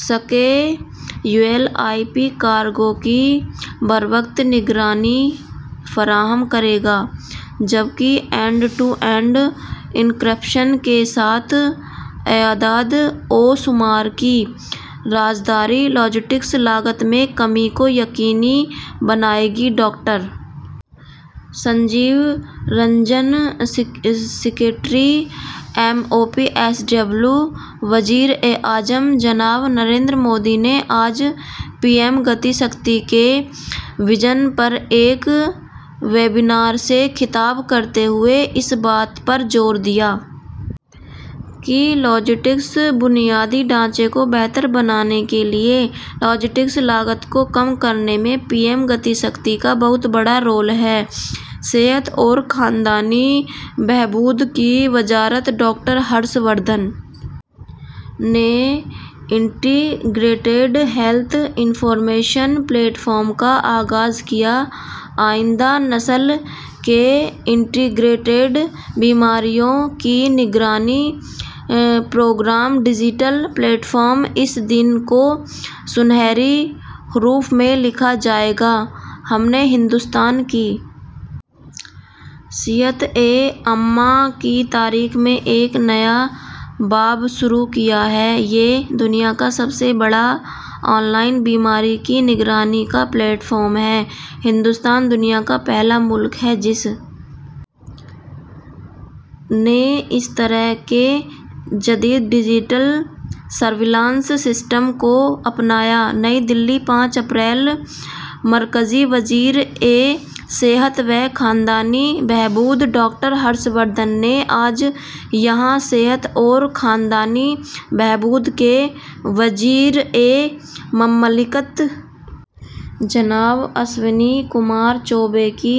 سکے U L I P cargo کی بروقت نگرانی فراہم کرے گا جبکہ اینڈ ٹو اینڈ انکرپشن کے ساتھ اعداد و شمار کی رازداری لاجسٹکس لاگت میں کمی کو یقینی بنائے گا doctor Sanjeev Ranjan secretary M O P S W وزیر اعظم جناب نریندر مودی نے آج پی ایم گتی شکتی کے وژن پر ایک ویبنار سے خطاب کرتے ہوئے اس بات پر زور دیا کہ لاجسٹکس بنیادی ڈھانچے کو بہتر بنانے کے لیے لاجسٹک لاگت کو کم کرنے میں پی ایم گتی شکتی کا بہت بڑا رول ہے صحت اور خاندانی بہبود کی وزارت ڈاکٹر ہرش وردھن نے integrated health information platform کا آغاز کیا آئندہ نسل کے انٹیگریٹڈ بیماریوں کی نگرانی پروگرام ڈیجیٹل پلیٹ فارم اس دن کو سنہری حروف میں لکھا جائے گا ہم نے ہندوستان کی صحت عامہ کی تاریخ میں ایک نیا باب شروع کیا ہے یہ دنیا کا سب سے بڑا آن لائن بیماری کی نگرانی کا پلیٹ فارم ہے ہندوستان دنیا کا پہلا ملک ہے جس نے اس طرح کے جدید ڈیجیٹل سرویلنس سسٹم کو اپنایا نئی دہلی پانچ اپریل مرکزی وزیر صحت و خاندانی بہبود ڈاکٹر ہرش وردھن نے آج یہاں صحت اور خاندانی بہبود کے وزیر مملکت جناب اشونی کمار چوبے کی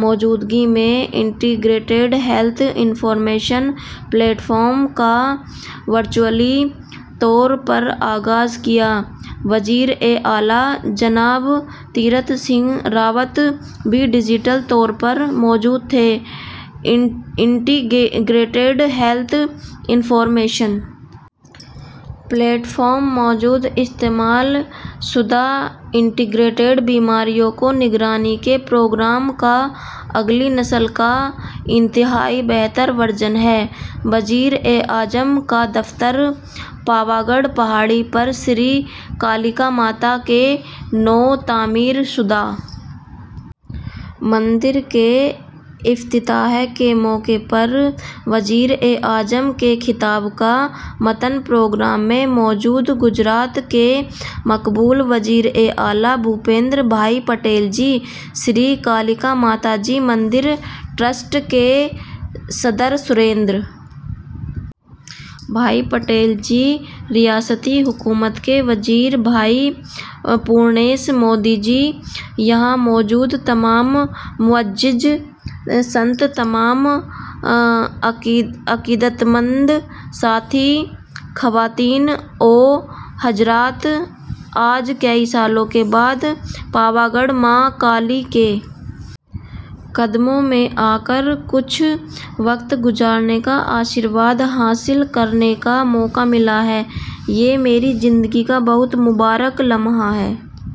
موجودگی میں integrated health information platform کا ورچوئلی طور پر آغاز کیا وزیر اعلی جناب تیرتھ سنگھ راوت بھی ڈیجیٹل طور پر موجود تھے integrated health information platform موجودہ استعمال شدہ انٹیگریٹڈ بیماریوں کی نگرانی کے پروگرام کا اگلی نسل کا انتہائی بہتر ورژن ہے وزیراعظم کا دفتر پاوا گڑھ پہاڑی پر شری کالیکا ماتا کے نو تعمیر شدہ مندر کے افتتاح کے موقع پر وزیر اعظم کے خطاب کا متن پروگرام میں موجود گجرات کے مقبول وزیر اعلیٰ بھوپیندر بھائی پٹیل جی شری کالیکا ماتا جی مندر ٹرسٹ کے صدر سریندر بھائی پٹیل جی ریاستی حکومت کے وزیر بھائی پورنیش مودی جی یہاں موجود تمام معزز سنت تمام عقیدت مند ساتھی خواتین و حضرات آج کئی سالوں کے بعد پاوا گڑھ ماں کالی کے قدموں میں آ کر کچھ وقت گزارنے کا آشیرواد حاصل کرنے کا موقع ملا ہے یہ میری زندگی کا بہت مبارک لمحہ ہے